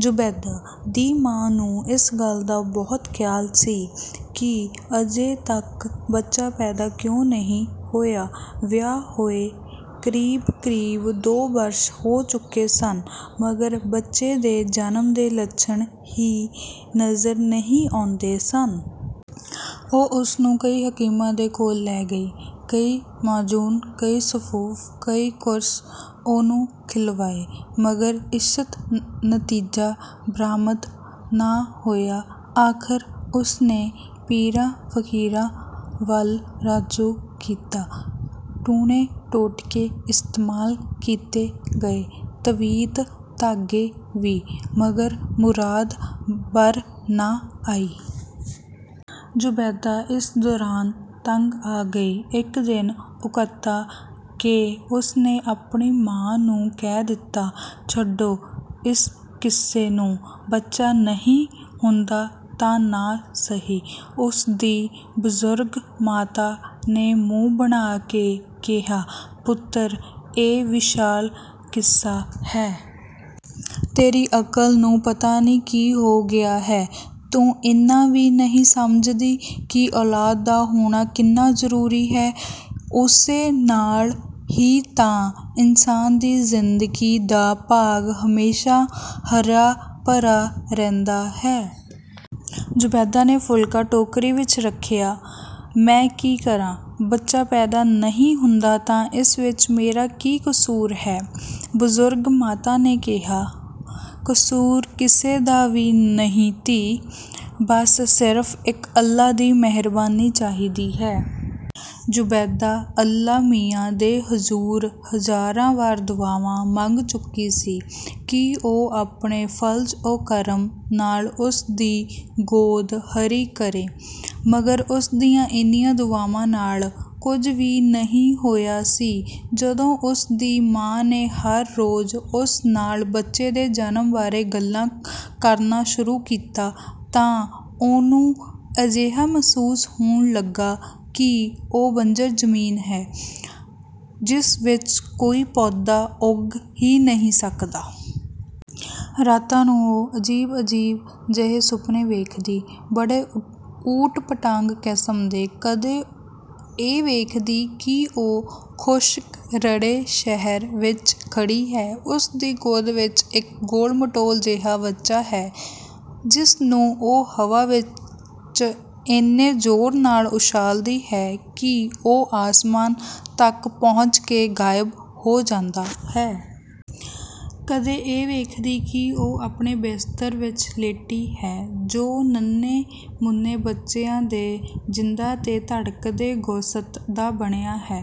ਜ਼ੁਬੈਦਾ ਦੀ ਮਾਂ ਨੂੰ ਇਸ ਗੱਲ ਦਾ ਬਹੁਤ ਖ਼ਿਆਲ ਸੀ ਕਿ ਅਜੇ ਤੱਕ ਬੱਚਾ ਪੈਦਾ ਕਿਉਂ ਨਹੀਂ ਹੋਇਆ। ਵਿਆਹ ਹੋਏ ਕਰੀਬ-ਕਰੀਬ ਦੋ ਬਰਸ ਹੋ ਚੁੱਕੇ ਸਨ, ਮਗਰ ਬੱਚੇ ਦੇ ਜਨਮ ਦੇ ਲੱਛਣ ਹੀ ਨਜ਼ਰ ਨਹੀਂ ਆਉਂਦੇ ਸਨ। ਉਹ ਉਸਨੂੰ ਕਈ ਹਕੀਮਾਂ ਦੇ ਕੋਲ ਲੈ ਗਈ। ਕਈ ਮਾਜੂਨ, ਕਈ ਸਫੂਫ਼, ਕਈ ਕੁਰਸ ਉਹਨੂੰ ਖਿਲਵਾਏ, ਮਗਰ ਇੱਛਤ ਨਤੀਜਾ ਬਰਾਮਦ ਨਾ ਹੋਇਆ। ਆਖ਼ਰ ਉਸਨੇ ਪੀਰਾਂ-ਫ਼ਕੀਰਾਂ ਵੱਲ ਰੁਜੂ ਕੀਤਾ। ਟੂਣੇ-ਟੋਟਕੇ ਇਸਤੇਮਾਲ ਕੀਤੇ ਗਏ, ਤਵੀਤ, ਧਾਗੇ ਵੀ, ਮਗਰ ਮੁਰਾਦ ਬਰ ਨਾ ਆਈ। ਜ਼ੁਬੈਦਾ ਇਸ ਦੌਰਾਨ ਤੰਗ ਆ ਗਈ। ਇੱਕ ਦਿਨ ਉਕਤਾ ਕੇ ਉਸਨੇ ਆਪਣੀ ਮਾਂ ਨੂੰ ਕਹਿ ਦਿੱਤਾ, "ਛੱਡੋ ਇਸ ਕਿੱਸੇ ਨੂੰ, ਬੱਚਾ ਨਹੀਂ ਹੁੰਦਾ ਤਾਂ ਨਾ ਸਹੀ।" ਉਸਦੀ ਬਜ਼ੁਰਗ ਮਾਤਾ ਨੇ ਮੂੰਹ ਬਨਾ ਕੇ ਕਿਹਾ, "ਪੁੱਤਰ, ਇਹ ਵਿਸ਼ਾਲ ਕਿੱਸਾ ਹੈ। ਤੇਰੀ ਅਕਲ ਨੂੰ ਪਤਾ ਨਹੀਂ ਕੀ ਹੋ ਗਿਆ ਹੈ। ਤੂੰ ਇੰਨਾ ਵੀ ਨਹੀਂ ਸਮਝਦੀ ਕਿ ਔਲਾਦ ਦਾ ਹੋਣਾ ਕਿੰਨਾ ਜ਼ਰੂਰੀ ਹੈ। ਉਸੇ ਨਾਲ਼ ਹੀ ਤਾਂ ਇਨਸਾਨ ਦੀ ਜ਼ਿੰਦਗੀ ਦਾ ਬਾਗ਼ ਹਮੇਸ਼ਾ ਹਰਾ-ਭਰਾ ਰਹਿੰਦਾ ਹੈ।" ਜ਼ੁਬੈਦਾ ਨੇ ਫੁਲਕਾ ਟੋਕਰੀ ਵਿੱਚ ਰੱਖਿਆ, "ਮੈਂ ਕੀ ਕਰਾਂ। ਬੱਚਾ ਪੈਦਾ ਨਹੀਂ ਹੁੰਦਾ ਤਾਂ ਇਸ ਵਿੱਚ ਮੇਰਾ ਕੀ ਕਸੂਰ ਹੈ।" ਬਜ਼ੁਰਗ ਮਾਤਾ ਨੇ ਕਿਹਾ, "ਕਸੂਰ ਕਿਸੇ ਦਾ ਵੀ ਨਹੀਂ ਧੀ। ਬਸ ਸਿਰਫ਼ ਇੱਕ ਅੱਲ੍ਹਾ ਦੀ ਮਿਹਰਬਾਨੀ ਚਾਹੀਦੀ ਹੈ।" ਜ਼ੁਬੈਦਾ ਅੱਲ੍ਹਾ ਮੀਆਂ ਦੇ ਹੁਜ਼ੂਰ ਹਜ਼ਾਰਾਂ ਵਾਰ ਦੁਆਵਾਂ ਮੰਗ ਚੁੱਕੀ ਸੀ ਕਿ ਉਹ ਆਪਣੇ ਫਜ਼ਲ-ਓ-ਕਰਮ ਨਾਲ਼ ਉਸਦੀ ਗੋਦ ਹਰੀ ਕਰੇ, ਮਗਰ ਉਸਦੀਆਂ ਇਨ੍ਹਾਂ ਦੁਆਵਾਂ ਨਾਲ਼ ਕੁਝ ਵੀ ਨਹੀਂ ਹੋਇਆ ਸੀ। ਜਦੋਂ ਉਸਦੀ ਮਾਂ ਨੇ ਹਰ ਰੋਜ਼ ਉਸ ਨਾਲ਼ ਬੱਚੇ ਦੇ ਜਨਮ ਬਾਰੇ ਗੱਲਾਂ ਕਰਨਾ ਸ਼ੁਰੂ ਕੀਤਾ, ਤਾਂ ਉਹਨੂੰ ਅਜਿਹਾ ਮਹਿਸੂਸ ਹੋਣ ਲੱਗਾ ਕਿ ਉਹ ਬੰਜਰ ਜ਼ਮੀਨ ਹੈ, ਜਿਸ ਵਿੱਚ ਕੋਈ ਪੌਦਾ ਉੱਗ ਹੀ ਨਹੀਂ ਸਕਦਾ। ਰਾਤਾਂ ਨੂੰ ਉਹ ਅਜੀਬ-ਅਜੀਬ ਜਿਹੇ ਸੁਪਨੇ ਵੇਖਦੀ। ਬੜੇ ਊਟਪਟਾਂਗ ਕਿਸਮ ਦੇ। ਕਦੇ ਇਹ ਵੇਖਦੀ ਕਿ ਉਹ ਖੁਸ਼ਕ-ਰੜੇ ਸਹਿਰਾ ਵਿੱਚ ਖੜੀ ਹੈ। ਉਸਦੀ ਗੋਦ ਵਿੱਚ ਇੱਕ ਗੋਲ-ਮਟੋਲ ਜਿਹਾ ਬੱਚਾ ਹੈ, ਜਿਸ ਨੂੰ ਉਹ ਹਵਾ ਵਿੱਚ ਇੰਨੇ ਜ਼ੋਰ ਨਾਲ਼ ਉਛਾਲਦੀ ਹੈ ਕਿ ਉਹ ਅਸਮਾਨ ਤੱਕ ਪਹੁੰਚ ਕੇ ਗ਼ਾਇਬ ਹੋ ਜਾਂਦਾ ਹੈ। ਕਦੇ ਇਹ ਵੇਖਦੀ ਕਿ ਉਹ ਆਪਣੇ ਬਿਸਤਰ ਵਿੱਚ ਲੇਟੀ ਹੈ ਜੋ ਨੰਨ੍ਹੇ-ਮੁੰਨੇ ਬੱਚਿਆਂ ਦੇ ਜ਼ਿੰਦਾ ਅਤੇ ਧੜਕਦੇ ਗੋਸ਼ਤ ਦਾ ਬਣਿਆ ਹੈ।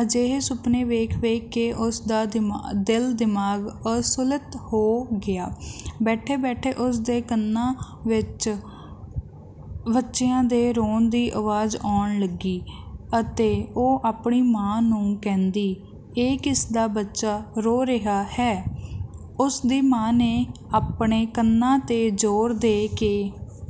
ਅਜਿਹੇ ਸੁਪਨੇ ਵੇਖ-ਵੇਖ ਕੇ ਉਸਦਾ ਦਿਲ-ਦਿਮਾਗ਼ ਅਸੰਤੁਲਿਤ ਹੋ ਗਿਆ। ਬੈਠੇ-ਬੈਠੇ ਉਸਦੇ ਕੰਨਾਂ ਵਿੱਚ ਬੱਚਿਆਂ ਦੇ ਰੋਣ ਦੀ ਆਵਾਜ਼ ਆਉਣ ਲੱਗੀ, ਅਤੇ ਉਹ ਆਪਣੀ ਮਾਂ ਨੂੰ ਕਹਿੰਦੀ, "ਇਹ ਕਿਸਦਾ ਬੱਚਾ ਰੋ ਰਿਹਾ ਹੈ?" ਉਸਦੀ ਮਾਂ ਨੇ ਆਪਣੇ ਕੰਨਾਂ ਤੇ ਜ਼ੋਰ ਦੇ ਕੇ